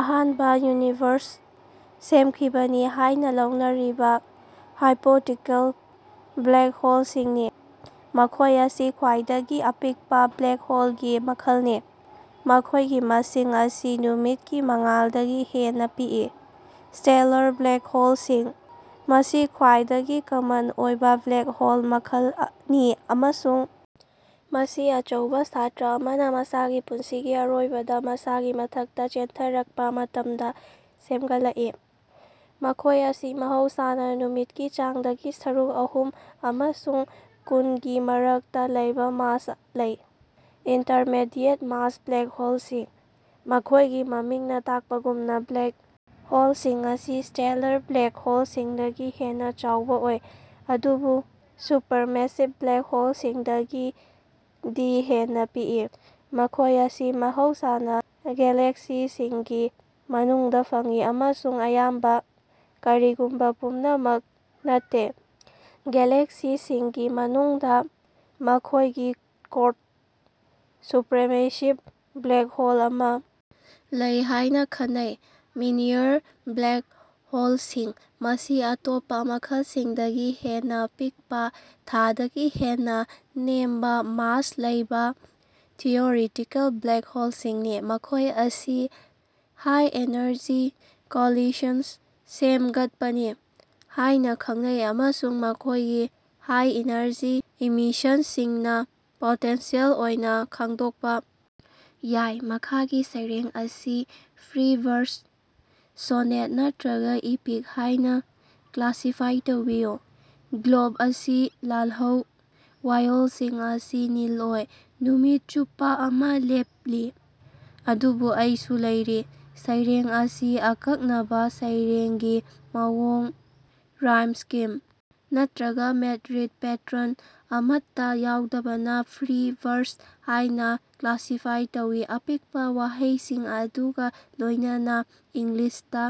ꯑꯍꯥꯟꯕ ꯌꯨꯅꯤꯚꯔꯁꯇ ꯁꯦꯝꯈꯤꯕꯅꯤ ꯍꯥꯏꯅ ꯂꯧꯅꯔꯤꯕ ꯍꯥꯏꯄꯣꯇꯦꯇꯤꯀꯜ ꯕ꯭ꯂꯦꯛ ꯍꯣꯜꯁꯤꯡꯅꯤ꯫ ꯃꯈꯣꯏ ꯑꯁꯤ ꯈ꯭ꯋꯥꯏꯗꯒꯤ ꯑꯄꯤꯛꯄ ꯕ꯭ꯂꯦꯛ ꯍꯣꯜꯒꯤ ꯃꯈꯜꯅꯤ, ꯃꯈꯣꯏꯒꯤ ꯃꯁꯤꯡ ꯑꯁꯤ ꯅꯨꯃꯤꯠꯀꯤ ꯃꯉꯥꯜꯗꯒꯤ ꯍꯦꯟꯅ ꯄꯤꯛꯏ꯫ ꯁ꯭ꯇꯦꯂꯔ ꯕ꯭ꯂꯦꯛ ꯍꯣꯜꯁꯤꯡ: ꯃꯁꯤ ꯈ꯭ꯋꯥꯏꯗꯒꯤ ꯀꯃꯟ ꯑꯣꯏꯕ ꯕ꯭ꯂꯦꯛ ꯍꯣꯜ ꯃꯈꯜꯅꯤ ꯑꯃꯁꯨꯡ ꯃꯁꯤ ꯑꯆꯧꯕ ꯁ꯭ꯇꯔꯥ ꯑꯃꯅ ꯃꯁꯥꯒꯤ ꯄꯨꯟꯁꯤꯒꯤ ꯑꯔꯣꯏꯕꯗ ꯃꯁꯥꯒꯤ ꯃꯊꯛꯇ ꯆꯦꯟꯊꯔꯛꯄ ꯃꯇꯝꯗ ꯁꯦꯝꯒꯠꯂꯛꯏ꯫ ꯃꯈꯣꯏ ꯑꯁꯤ ꯃꯍꯧꯁꯥꯅ ꯅꯨꯃꯤꯠꯀꯤ ꯆꯥꯡꯗꯒꯤ ꯁꯔꯨꯛ ꯑꯍꯨꯝ ꯑꯃꯁꯨꯡ ꯀꯨꯟ ꯒꯤ ꯃꯔꯛꯇ ꯂꯩꯕ ꯃꯥꯁ ꯂꯩ꯫ ꯏꯟꯇꯔꯃꯤꯗꯤꯌꯦꯠ-ꯃꯥꯁ ꯕ꯭ꯂꯦꯛ ꯍꯣꯜꯁꯤꯡ: ꯃꯈꯣꯏꯒꯤ ꯃꯃꯤꯡꯅ ꯇꯥꯛꯄꯒꯨꯝꯅ, ꯕ꯭ꯂꯦꯛ ꯍꯣꯜꯁꯤꯡ ꯑꯁꯤ ꯁ꯭ꯇꯦꯂꯔ ꯕ꯭ꯂꯦꯛ ꯍꯣꯜꯁꯤꯡꯗꯒꯤ ꯍꯦꯟꯅ ꯆꯥꯎꯕ ꯑꯣꯏ, ꯑꯗꯨꯕꯨ ꯁꯨꯄꯔꯃꯦꯁꯤꯚ ꯕ꯭ꯂꯦꯛ ꯍꯣꯜꯁꯤꯡꯗꯒꯤꯗꯤ ꯍꯦꯟꯅ ꯄꯤꯛꯏ꯫ ꯃꯈꯣꯏ ꯑꯁꯤ ꯃꯍꯧꯁꯥꯅ ꯒꯦꯂꯦꯛꯁꯤꯁꯤꯡꯒꯤ ꯃꯅꯨꯡꯗ ꯐꯪꯏ, ꯑꯃꯁꯨꯡ ꯑꯌꯥꯝꯕ, ꯀꯔꯤꯒꯨꯝꯕ ꯄꯨꯝꯅꯃꯛ ꯅꯠꯇꯦ, ꯒꯦꯂꯦꯛꯁꯤꯁꯤꯡꯒꯤ ꯃꯅꯨꯡꯗ ꯃꯈꯣꯏꯒꯤ ꯀꯣꯔꯗ ꯁꯨꯄꯔꯃꯦꯁꯤꯚ ꯕ꯭ꯂꯦꯛ ꯍꯣꯜ ꯑꯃ ꯂꯩ ꯍꯥꯏꯅ ꯈꯟꯅꯩ꯫ ꯃꯤꯅꯤꯌꯔ ꯕ꯭ꯂꯦꯛ ꯍꯣꯜꯁꯤꯡ: ꯃꯁꯤ ꯑꯇꯣꯞꯄ ꯃꯈꯜꯁꯤꯡꯗꯒꯤ ꯍꯦꯟꯅ ꯄꯤꯛꯄ, ꯊꯥꯗꯒꯤ ꯍꯦꯟꯅ ꯅꯦꯝꯕ ꯃꯥꯁ ꯂꯩꯕ ꯊꯤꯑꯣꯔꯤꯇꯤꯀꯦꯜ ꯕ꯭ꯂꯦꯛ ꯍꯣꯜꯁꯤꯡꯅꯤ꯫ ꯃꯈꯣꯏ ꯑꯁꯤ ꯍꯥꯏ-ꯑꯦꯅꯔꯖꯤ ꯀꯣꯂꯤꯁꯟꯁ ꯁꯦꯝꯒꯠꯄꯅꯤ ꯍꯥꯢꯅ ꯈꯟꯅꯩ ꯑꯃꯁꯨꯡ ꯃꯈꯣꯏꯒꯤ ꯍꯥꯏ-ꯑꯦꯅꯔꯖꯤ ꯏꯃꯤꯁꯟꯁꯤꯡꯅ ꯄꯣꯇꯦꯟꯁꯤꯑꯦꯜ ꯑꯣꯏꯅ ꯈꯪꯗꯣꯛꯄ ꯌꯥꯏ꯫ ꯃꯈꯥꯒꯤ ꯁꯩꯔꯦꯡ ꯑꯁꯤ ꯐ꯭ꯔꯤ ꯕꯔꯁ, ꯁꯣꯅꯦꯠ ꯅꯠꯇ꯭ꯔꯒ ꯏꯄꯤꯛ ꯍꯥꯏꯅ ꯀ꯭ꯂꯥꯁꯤꯐꯥꯏ ꯇꯧꯕꯤꯌꯨ꯫ ꯒꯣꯂꯞ ꯑꯁꯤ ꯂꯥꯜꯍꯧ, ꯋꯥꯏꯌꯣꯜꯁꯤꯡ ꯑꯁꯤ ꯅꯤꯜ ꯑꯣꯏ꯫ ꯅꯨꯃꯤꯠ ꯆꯨꯞꯄ ꯑꯃ ꯂꯦꯞꯂꯤ, ꯑꯗꯨꯕꯨ ꯑꯩꯁꯨ ꯂꯩꯔꯤ꯫ ꯁꯩꯔꯦꯡ ꯑꯁꯤ ꯑꯀꯛꯅꯕ ꯁꯩꯔꯦꯡꯒꯤ ꯃꯑꯣꯡ, ꯔꯥꯏꯝ ꯁ꯭ꯀꯤꯝ ꯅꯠꯇ꯭ꯔꯒ ꯃꯦꯠꯔꯤꯛ ꯄꯦꯇꯔꯟ ꯑꯃꯠꯇ ꯌꯥꯎꯗꯕꯅ ꯐ꯭ꯔꯤ ꯕꯔꯁ ꯍꯥꯏꯅ ꯀ꯭ꯂꯥꯁꯤꯐꯥꯏ ꯇꯧꯏ꯫ ꯑꯄꯤꯕ ꯋꯥꯍꯩꯁꯤꯡ ꯑꯗꯨꯒ ꯂꯣꯏꯅꯅ ꯏꯪꯂꯤꯁꯇ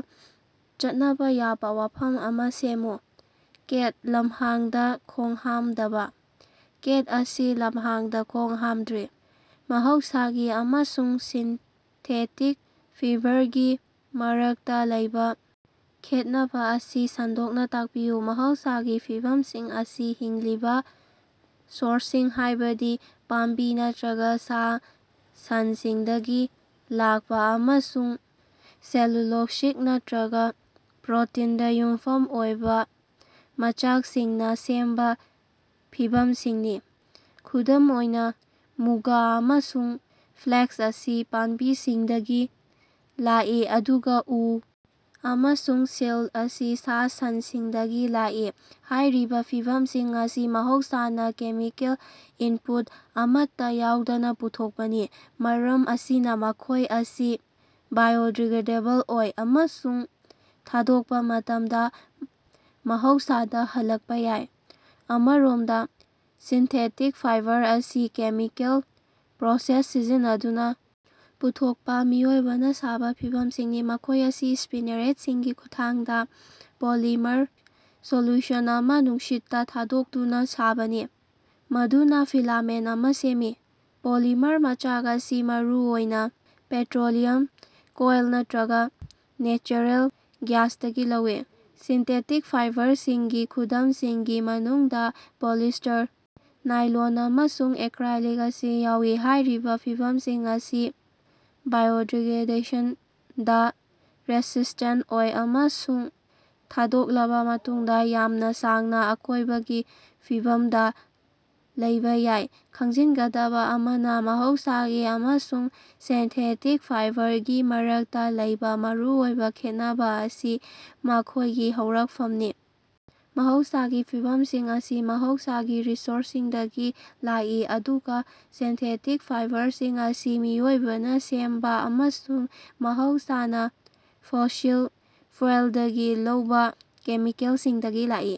ꯆꯠꯅꯕ ꯌꯥꯕ ꯋꯥꯐꯝ ꯑꯃ ꯁꯦꯝꯃꯨ꯫ ꯀꯦꯠ, ꯂꯝꯍꯥꯡꯗ ꯈꯣꯡꯍꯥꯝꯗꯕ꯫ ꯀꯦꯠ ꯑꯁꯤ ꯂꯝꯍꯥꯡꯗꯥ ꯈꯣꯡꯍꯥꯝꯗ꯭ꯔꯤ꯫ ꯃꯍꯧꯁꯥꯒꯤ ꯑꯃꯁꯨꯡ ꯁꯤꯟꯊꯦꯇꯤꯛ ꯐꯤꯕꯔꯒꯤ ꯃꯔꯛꯇ ꯂꯩꯕ ꯈꯦꯠꯅꯕ ꯑꯗꯨ ꯁꯟꯗꯣꯛꯅ ꯇꯥꯛꯄꯤꯌꯨ꯫ ꯃꯍꯧꯁꯥꯒꯤ ꯐꯤꯕꯝꯁꯤꯡ ꯑꯁꯤ ꯍꯤꯡꯂꯤꯕ ꯁꯣꯔꯁꯁꯤꯡ, ꯍꯥꯏꯕꯗꯤ ꯄꯥꯝꯕꯤ ꯅꯠꯇ꯭ꯔꯒ ꯁꯥ-ꯁꯟꯁꯤꯡꯗꯒꯤ ꯂꯥꯛꯄ ꯑꯃꯁꯨꯡ ꯁꯦꯂꯨꯂꯣꯁꯤꯛ ꯅꯠꯇ꯭ꯔꯒ ꯄ꯭ꯔꯣꯇꯤꯟꯗ ꯌꯨꯝꯐꯝ ꯑꯣꯏꯕ ꯃꯆꯥꯛꯁꯤꯡꯅ ꯁꯦꯝꯕ ꯐꯤꯕꯝꯁꯤꯡꯅꯤ꯫ ꯈꯨꯗꯝ ꯑꯣꯏꯅ, ꯃꯨꯒꯥ ꯑꯃꯁꯨꯡ ꯐ꯭ꯂꯦꯛꯁ ꯑꯁꯤ ꯄꯥꯝꯕꯤꯁꯤꯡꯗꯒꯤ ꯂꯥꯛꯏ ꯑꯗꯨꯒ ꯎ ꯑꯃꯁꯨꯡ ꯁꯤꯜꯛ ꯑꯁꯤ ꯁꯥ-ꯁꯟꯁꯤꯡꯗꯒꯤ ꯂꯥꯛꯏ꯫ ꯍꯥꯏꯔꯤꯕ ꯐꯤꯕꯝꯁꯤꯡ ꯑꯁꯤ ꯃꯍꯧꯁꯥꯅ ꯀꯦꯃꯤꯀꯦꯜ ꯏꯟꯄꯨꯠ ꯑꯃꯠꯇ ꯌꯥꯎꯗꯅ ꯄꯨꯊꯣꯛꯄꯅꯤ, ꯃꯔꯝ ꯑꯁꯤꯅ ꯃꯈꯣꯏ ꯑꯁꯤ ꯕꯥꯏꯑꯣꯗꯤꯒ꯭ꯔꯦꯗꯦꯕꯜ ꯑꯣꯏ ꯑꯃꯁꯨꯡ ꯊꯥꯗꯣꯛꯄ ꯃꯇꯝꯗ ꯃꯍꯧꯁꯥꯗ ꯍꯜꯂꯛꯄ ꯌꯥꯏ꯫ ꯑꯃꯔꯣꯃꯗ, ꯁꯤꯟꯊꯦꯇꯤꯛ ꯐꯥꯏꯕꯔ ꯑꯁꯤ ꯀꯦꯃꯤꯀꯦꯜ ꯄ꯭ꯔꯣꯁꯦꯁ ꯁꯤꯖꯤꯟꯅꯗꯨꯅ ꯄꯨꯊꯣꯛꯄ ꯃꯤꯑꯣꯏꯕꯅ ꯁꯥꯕ ꯐꯤꯕꯝꯁꯤꯡꯅꯤ꯫ ꯃꯈꯣꯏ ꯑꯁꯤ ꯁ꯭ꯄꯤꯅꯦꯔꯦꯠꯁꯤꯡꯒꯤ ꯈꯨꯠꯊꯥꯡꯗ ꯄꯣꯂꯤꯃꯔ ꯁꯣꯜꯌꯨꯁꯟ ꯑꯃ ꯅꯨꯡꯁꯤꯠꯇ ꯊꯥꯗꯣꯛꯇꯨꯅ ꯁꯥꯕꯅꯤ, ꯃꯗꯨꯅ ꯐꯤꯂꯥꯃꯦꯟꯠ ꯑꯃꯥ ꯁꯦꯝꯃꯤ꯫ ꯄꯣꯂꯤꯃꯔ ꯃꯆꯥꯛ ꯑꯁꯤ ꯃꯔꯨꯑꯣꯏꯅ ꯄꯦꯇ꯭ꯔꯣꯂꯤꯌꯝ, ꯀꯣꯏꯂ ꯅꯠꯇ꯭ꯔꯒ ꯅꯦꯆꯔꯦꯜ ꯒ꯭ꯌꯥꯁꯇꯒꯤ ꯂꯧꯏ꯫ ꯁꯤꯟꯊꯦꯇꯤꯛ ꯐꯥꯏꯕꯔꯁꯤꯡꯒꯤ ꯈꯨꯗꯝꯁꯤꯡꯒꯤ ꯃꯅꯨꯡꯗ ꯄꯣꯂꯤꯁ꯭ꯇꯔ, ꯅꯥꯏꯂꯣꯟ ꯑꯃꯁꯨꯡ ꯑꯦꯀ꯭ꯔꯦꯂꯤꯛ ꯑꯁꯤ ꯌꯥꯎꯏ꯫ ꯍꯥꯏꯔꯤꯕ ꯐꯤꯕꯝꯁꯤꯡ ꯑꯁꯤ ꯕꯥꯏꯑꯣꯗꯤꯒ꯭ꯔꯦꯗꯦꯁꯟꯗ ꯔꯦꯁꯤꯁꯇꯦꯟꯠ ꯑꯣꯏ ꯑꯃꯁꯨꯡ ꯊꯥꯗꯣꯛꯂꯕ ꯃꯇꯨꯡꯗ ꯌꯥꯝꯅ ꯁꯥꯡꯅ ꯑꯀꯣꯏꯕꯒꯤ ꯐꯤꯕꯝꯗ ꯂꯩꯕ ꯌꯥꯏ꯫ ꯈꯪꯖꯤꯟꯒꯗꯕ ꯑꯃꯅ, ꯃꯍꯧꯁꯥꯒꯤ ꯑꯃꯁꯨꯡ ꯁꯤꯟꯊꯦꯇꯤꯛ ꯐꯥꯏꯕꯔꯒꯤ ꯃꯔꯛꯇ ꯂꯩꯕ ꯃꯔꯨꯑꯣꯏꯕ ꯈꯦꯠꯅꯕ ꯑꯁꯤ ꯃꯈꯣꯏꯒꯤ ꯍꯧꯔꯛꯐꯝꯅꯤ꯫ ꯃꯍꯧꯁꯥꯒꯤ ꯐꯤꯕꯝꯁꯤꯡ ꯑꯁꯤ ꯃꯍꯧꯁꯥꯒꯤ ꯔꯤꯁꯣꯔꯁꯁꯤꯡꯗꯒꯤ ꯂꯥꯛꯏ ꯑꯗꯨꯒ ꯁꯤꯟꯊꯦꯇꯤꯛ ꯐꯥꯏꯕꯔꯁꯤꯡ ꯑꯁꯤ ꯃꯤꯑꯣꯏꯕꯅ ꯁꯦꯝꯕ ꯑꯃꯁꯨꯡ ꯃꯍꯧꯁꯥꯅ ꯐꯣꯁꯤꯜ ꯐ꯭ꯌꯨꯑꯦꯜꯗꯒꯤ ꯂꯧꯕ ꯀꯦꯃꯤꯀꯦꯜꯁꯤꯡꯗꯒꯤ ꯂꯥꯛꯏ꯫